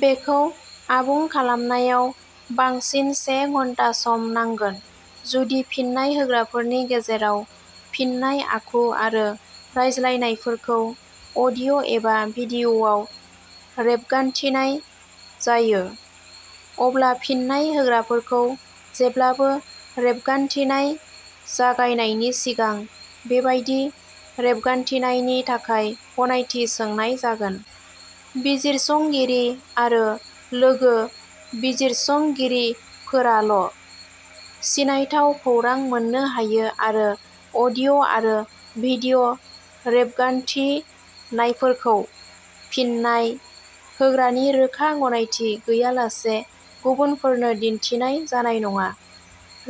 बेखौ आबुं खालामनायाव बांसिन से घन्टा सम नांगोन। जुदि फिन्नाय होग्राफोरनि गेजेराव फिननाय आखु आरो रायज्लायनायफोरखौ अडिअ एबा भिडियआव रेबगान्थिनाय जायो अब्ला फिन्नाय होग्राफोरखौ जेब्लाबो रेबगान्थिनाय जागायनायनि सिगां बेबादि रेबगान्थिनायनि थाखाय गनायथि सोंनाय जागोन। बिजिरसंगिरि आरो लोगो बिजिरसंगिरिफोराल सिनायथाव खौरां मोननो हायो आरो अडिअ आरो भिडिय रेबगान्थिनायफोरखौ फिन्नाय होग्रानि रोखा गनायथि गैयालासे गुबुनफोरनो दिन्थिनाय जानाय नङा।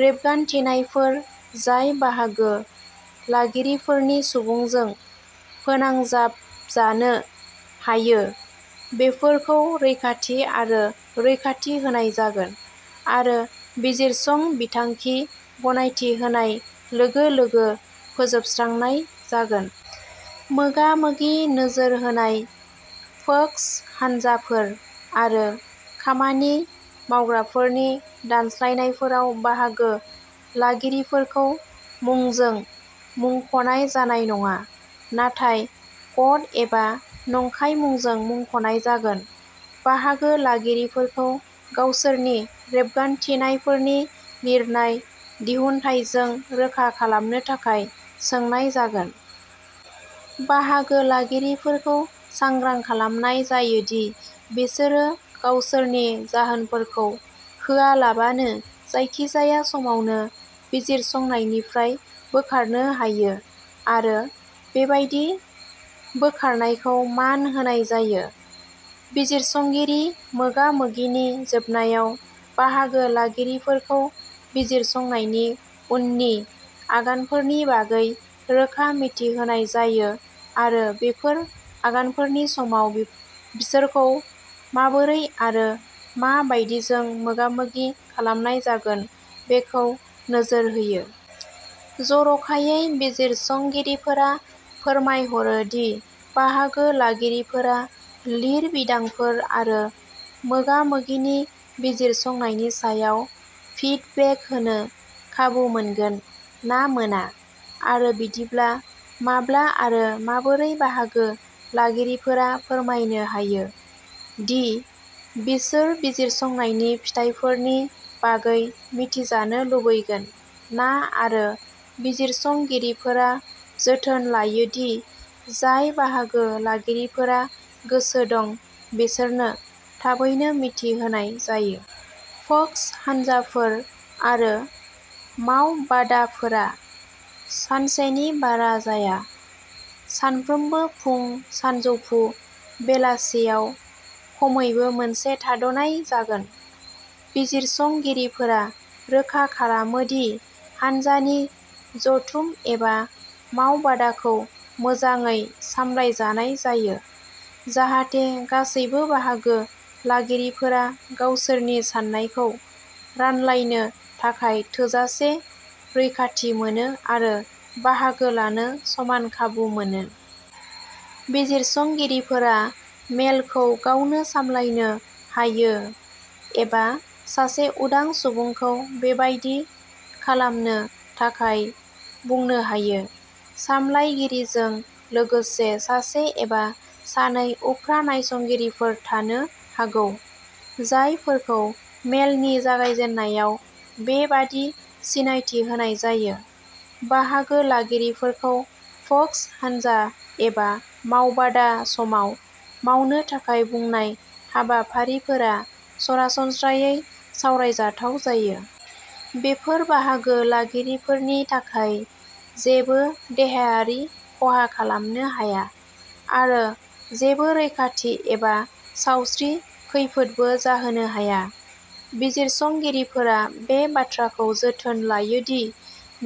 रेबगान्थिनायफोर जाय बाहागो लागिरिफोरनि सुबुंजों फोनांजाबजानो हायो बेफोरखौ रैखाथि आरो रैखाथि होनाय जागोन आरो बिजिरसं बिथांखि गनायथि होनाय लोगो लोगो फोजोबस्रांनाय जागोन। मोगा मोगि नोजोर होनाय फोकस हानजाफोर आरो खामानि मावग्राफोरनि दानस्लायनायफोराव बाहागो लागिरिफोरखौ मुंजों मुंखनाय जानाय नङा। नाथाय कड एबा नंखाय मुंजों मुंखनाय जागोन। बाहागो लागिरिफोरखौ गावसोरनि रेबगान्थिनायफोरनि लिरनाय दिहुनथायजों रोखा खालामनो थाखाय सोंनाय जागोन। बाहागो लागिरिफोरखौ सांग्रां खालामनाय जायो दि बिसोरो गावसोरनि जाहोनफोरखौ होआलाबानो जायखिजाया समावनो बिजिरसंनायनिफ्राय बोखारनो हायो आरो बेबादि बोखारनायखौ मान होनाय जायो। बिजिरसंगिरि मोगा मोगिनि जोबनायाव बाहागो लागिरिफोरखौ बिजिरसंनायनि उननि आगानफोरनि बागै रोखा मिथि होनाय जायो आरो बेफोर आगानफोरनि समाव बिसोरखौ माबोरै आरो मा बायदिजों मोगामोगि खालामनाय जागोन बेखौ नोजोर होयो। जरखायै बिजिरसंगिरिफोरा फोरमायहरो दि बाहागो लागिरिफोरा लिरबिदांफोर आरो मोगा मोगिनि बिजिरसंनायनि सायाव फिडबेक होनो खाबु मोनगोन ना मोना आरो बिदिब्ला माब्ला आरो माबोरै बाहागो लागिरिफोरा फोरमायनो हायो दि बिसोर बिजिरसंनायनि फिथायफोरनि बागै मिथिजानो लुबैगोन ना आरो बिजिरसंगिरिफोरा जोथोन लायो दि जाय बाहागो लागिरिफोरा गोसो दं बिसोरनो थाबैनो मिथि होनाय जायो। फोकस हान्जाफोर आरो मावबादाफोरा सानसेनि बारा जाया। सानफ्रोमबो फुं सानजौफु बेलासियाव खमैबो मोनसे थाद'नाय जागोन। बिजिरसंगिरिफोरा रोखा खालामो दि हान्जानि जथुम एबा मावबादाखौ मोजाङै सामलायजानाय जायो। जाहाथे गासैबो बाहागो लागिरिफोरा गावसोरनि सान्नायखौ रानलायनो थाखाय थोजासे रैखाथि मोनो आरो बाहागो लानो समान खाबु मोनो। बिजिरसंगिरिफोरा मेलखौ गावनो सामलायनो हायो एबा सासे उदां सुबुंखौ बेबादि खालामनो थाखाय बुंनो हायो। सामलायगिरिजों लोगोसे सासे एबा सानै उफ्रा नायसंगिरिफोर थानो हागौ। जायफोरखौ मेलनि जागायजेन्नायाव बेबादि सिनायथि होनाय जायो। बाहागो लागिरिफोरखौ फोकस हानजा एबा मावबादा समाव मावनो थाखाय बुंनाय हाबाफारिफोरा सरासनस्रायै सावरायजाथाव जायो। बेफोर बाहागो लागिरिफोरनि थाखाय जेबो देहायारि खहा खालामनो हाया आरो जेबो रैखाथि एबा सावस्रि खैफोदबो जाहोनो हाया। बिजिरसंगिरिफोरा बे बाथ्राखौ जोथोन लायो दि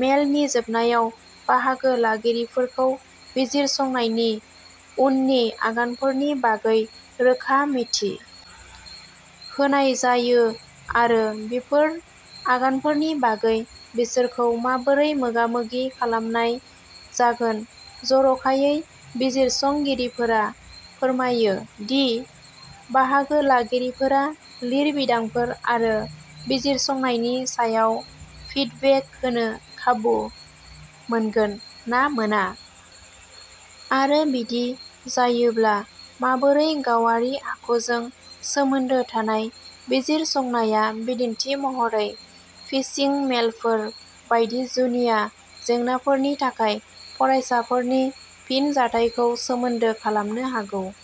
मेलनि जोबनायाव बाहागो लागिरिफोरखौ बिजिरसंनायनि उननि आगानफोरनि बागै रोखा मिथि होनाय जायो आरो बेफोर आगानफोरनि बागै बिसोरखौ माबोरै मोगामोगि खालामनाय जागोन जरखायै बिजिरसंगिरिफोरा फोरमायो दि बाहागो लागिरिफोरा लिरबिदांफोर आरो बिजिरसंनायनि सायाव फिडबेक होनो खाबु मोनगोन ना मोना आरो बिदि जायोब्ला माबोरै गावारि आखुजों सोमोन्दो थानाय बिजिरसंनाया बिदिन्थि महरै फिशिं मेलफोर बायदि जुनिया जेंनाफोरनि थाखाय फरायसाफोरनि फिनजाथायखौ सोमोनदो खालामनो हागौ।